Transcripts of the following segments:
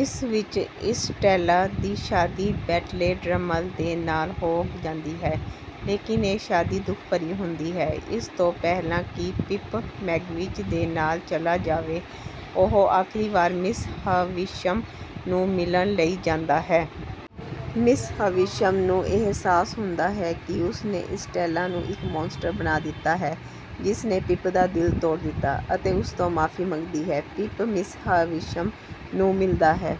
ਇਸ ਵਿੱਚ ਇਸਟੈਲਾ ਦੀ ਸ਼ਾਦੀ ਬੈਂਟਲੇ ਡ੍ਰਮਲ ਦੇ ਨਾਲ ਹੋ ਜਾਂਦੀ ਹੈ, ਲੇਕਿਨ ਇਹ ਸ਼ਾਦੀ ਦੁਖਭਰੀ ਹੁੰਦੀ ਹੈ। ਇਸ ਤੋਂ ਪਹਿਲਾਂ ਕਿ ਪਿਪ ਮੈਗਵਿਚ ਦੇ ਨਾਲ ਚਲਾ ਜਾਵੇ, ਉਹ ਆਖਰੀ ਵਾਰ ਮਿਸ ਹਵਿਸ਼ਮ ਨੂੰ ਮਿਲਣ ਲਈ ਜਾਂਦਾ ਹੈ। ਮਿਸ ਹਵਿਸ਼ਮ ਨੂੰ ਇਹ ਅਹਿਸਾਸ ਹੁੰਦਾ ਹੈ ਕਿ ਉਸ ਨੇ ਇਸਟੈਲਾ ਨੂੰ ਇੱਕ ਮੌਨਸਟਰ ਬਣਾ ਦਿੱਤਾ ਹੈ, ਜਿਸ ਨੇ ਪਿਪ ਦਾ ਦਿਲ ਤੋੜ ਦਿੱਤਾ, ਅਤੇ ਉਸ ਤੋਂ ਮਾਫੀ ਮੰਗਦੀ ਹੈ। ਪਿਪ ਮਿਸ ਹਵਿਸ਼ਮ ਨੂੰ ਮਿਲਦਾ ਹੈ।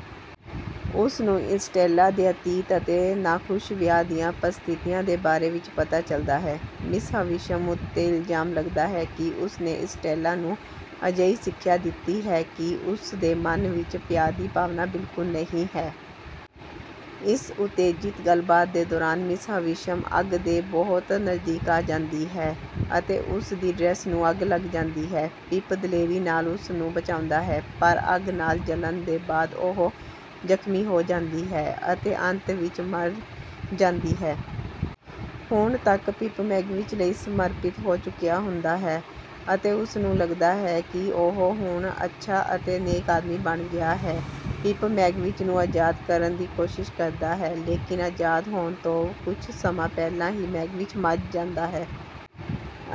ਉਸ ਨੂੰ ਇਸਟੈਲਾ ਦੇ ਅਤੀਤ ਅਤੇ ਨਾਖੁਸ਼ ਵਿਆਹ ਦੀਆਂ ਪਰਿਸਥਿਤੀਆਂ ਦੇ ਬਾਰੇ ਵਿੱਚ ਪਤਾ ਚੱਲਦਾ ਹੈ। ਮਿਸ ਹਵਿਸ਼ਮ ਉੱਤੇ ਇਲਜ਼ਾਮ ਲੱਗਦਾ ਹੈ ਕਿ ਉਸ ਨੇ ਇਸਟੈਲਾ ਨੂੰ ਅਜਿਹੀ ਸਿੱਖਿਆ ਦਿੱਤੀ ਹੈ ਕਿ ਉਸ ਦੇ ਮਨ ਵਿੱਚ ਪਿਆਰ ਦੀ ਭਾਵਨਾ ਬਿਲਕੁੱਲ ਨਹੀਂ ਹੈ। ਇਸ ਉਤੇਜਿਤ ਗੱਲਬਾਤ ਦੇ ਦੌਰਾਨ, ਮਿਸ ਹਵਿਸ਼ਮ ਅੱਗ ਦੇ ਬਹੁਤ ਨਜ਼ਦੀਕ ਆ ਜਾਂਦੀ ਹੈ ਅਤੇ ਉਸ ਦੀ ਡਰੈਸ ਨੂੰ ਅੱਗ ਲੱਗ ਜਾਂਦੀ ਹੈ। ਪਿਪ ਦਲੇਰੀ ਨਾਲ ਉਸ ਨੂੰ ਬਚਾਉਂਦਾ ਹੈ, ਪਰ ਅੱਗ ਨਾਲ ਜਲਣ ਦੇ ਬਾਅਦ ਉਹ ਜ਼ਖ਼ਮੀ ਹੋ ਜਾਂਦੀ ਹੈ ਅਤੇ ਅੰਤ ਵਿੱਚ ਮਰ ਜਾਂਦੀ ਹੈ। ਹੁਣ ਤੱਕ ਪਿਪ ਮੈਗਵਿਚ ਲਈ ਸਮਰਪਿਤ ਹੋ ਚੁੱਕਿਆ ਹੁੰਦਾ ਹੈ ਅਤੇ ਉਸ ਨੂੰ ਲੱਗਦਾ ਹੈ ਕਿ ਉਹ ਹੁਣ ਅੱਛਾ ਅਤੇ ਨੇਕ ਆਦਮੀ ਬਣ ਗਿਆ ਹੈ। ਪਿਪ ਮੈਗਵਿਚ ਨੂੰ ਆਜ਼ਾਦ ਕਰਨ ਦੀ ਕੋਸ਼ਿਸ਼ ਕਰਦਾ ਹੈ ਲੇਕਿਨ ਆਜ਼ਾਦ ਹੋਣ ਤੋਂ ਕੁਝ ਸਮਾਂ ਪਹਿਲਾਂ ਹੀ ਮੈਗਵਿਚ ਮਰ ਜਾਂਦਾ ਹੈ।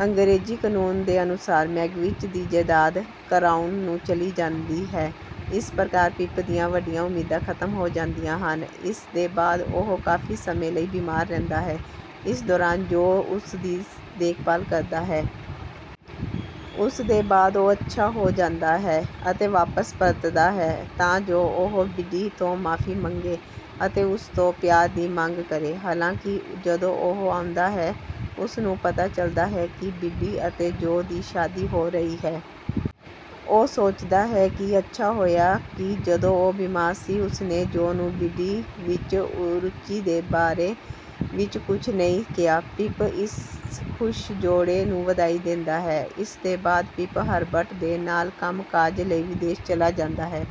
ਅੰਗਰੇਜ਼ੀ ਕਨੂੰਨ ਦੇ ਅਨੁਸਾਰ ਮੈਗਵਿਚ ਦੀ ਜਾਇਦਾਦ ਕਰਾਊਨ ਨੂੰ ਚਲੀ ਜਾਂਦੀ ਹੈ। ਇਸ ਪ੍ਰਕਾਰ ਪਿਪ ਦੀਆਂ ਵੱਡੀਆਂ ਉਮੀਦਾਂ ਖ਼ਤਮ ਹੋ ਜਾਂਦੀਆਂ ਹਨ। ਇਸ ਦੇ ਬਾਅਦ ਉਹ ਕਾਫ਼ੀ ਸਮੇਂ ਲਈ ਬੀਮਾਰ ਰਹਿੰਦਾ ਹੈ। ਇਸ ਦੌਰਾਨ ਜੋਅ ਉਸ ਦੀ ਦੇਖਭਾਲ ਕਰਦਾ ਹੈ। ਉਸ ਦੇ ਬਾਅਦ ਉਹ ਅੱਛਾ ਹੋ ਜਾਂਦਾ ਹੈ, ਅਤੇ ਵਾਪਸ ਪਰਤਦਾ ਹੈ ਤਾਂ ਜੋ ਉਹ ਬਿੱਡੀ ਤੋਂ ਮਾਫੀ ਮੰਗੇ ਅਤੇ ਉਸ ਤੋਂ ਪਿਆਰ ਦੀ ਮੰਗ ਕਰੇ। ਹਾਲਾਂਕਿ, ਜਦੋਂ ਉਹ ਆਉਂਦਾ ਹੈ, ਉਸ ਨੂੰ ਪਤਾ ਚੱਲਦਾ ਹੈ ਕਿ ਬਿੱਡੀ ਅਤੇ ਜੋਅ ਦੀ ਸ਼ਾਦੀ ਹੋ ਰਹੀ ਹੈ। ਉਹ ਸੋਚਦਾ ਹੈ ਕਿ ਅੱਛਾ ਹੋਇਆ ਕਿ ਜਦੋਂ ਉਹ ਬੀਮਾਰ ਸੀ ਉਸ ਨੇ ਜੋਅ ਨੂੰ ਬਿੱਡੀ ਵਿੱਚ ਰੁਚੀ ਦੇ ਬਾਰੇ ਵਿੱਚ ਕੁਝ ਨਹੀਂ ਕਿਹਾ। ਪਿਪ ਇਸ ਖੁਸ਼ ਜੋੜੇ ਨੂੰ ਵਧਾਈ ਦਿੰਦਾ ਹੈ। ਇਸ ਦੇ ਬਾਅਦ, ਪਿਪ ਹਰਬਰਟ ਦੇ ਨਾਲ ਕੰਮ-ਕਾਜ ਲਈ ਵਿਦੇਸ਼ ਚਲਾ ਜਾਂਦਾ ਹੈ।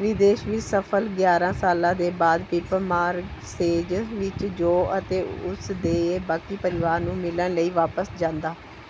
ਵਿਦੇਸ਼ ਵਿੱਚ ਸਫਲ ਗਿਆਰਾਂ ਸਾਲਾਂ ਦੇ ਬਾਅਦ, ਪਿਪ ਮਾਰਸ਼ੇਜ਼ ਵਿੱਚ ਜੋਅ ਅਤੇ ਉਸ ਦੇ ਬਾਕੀ ਪਰਿਵਾਰ ਨੂੰ ਮਿਲਣ ਲਈ ਵਾਪਸ ਜਾਂਦਾ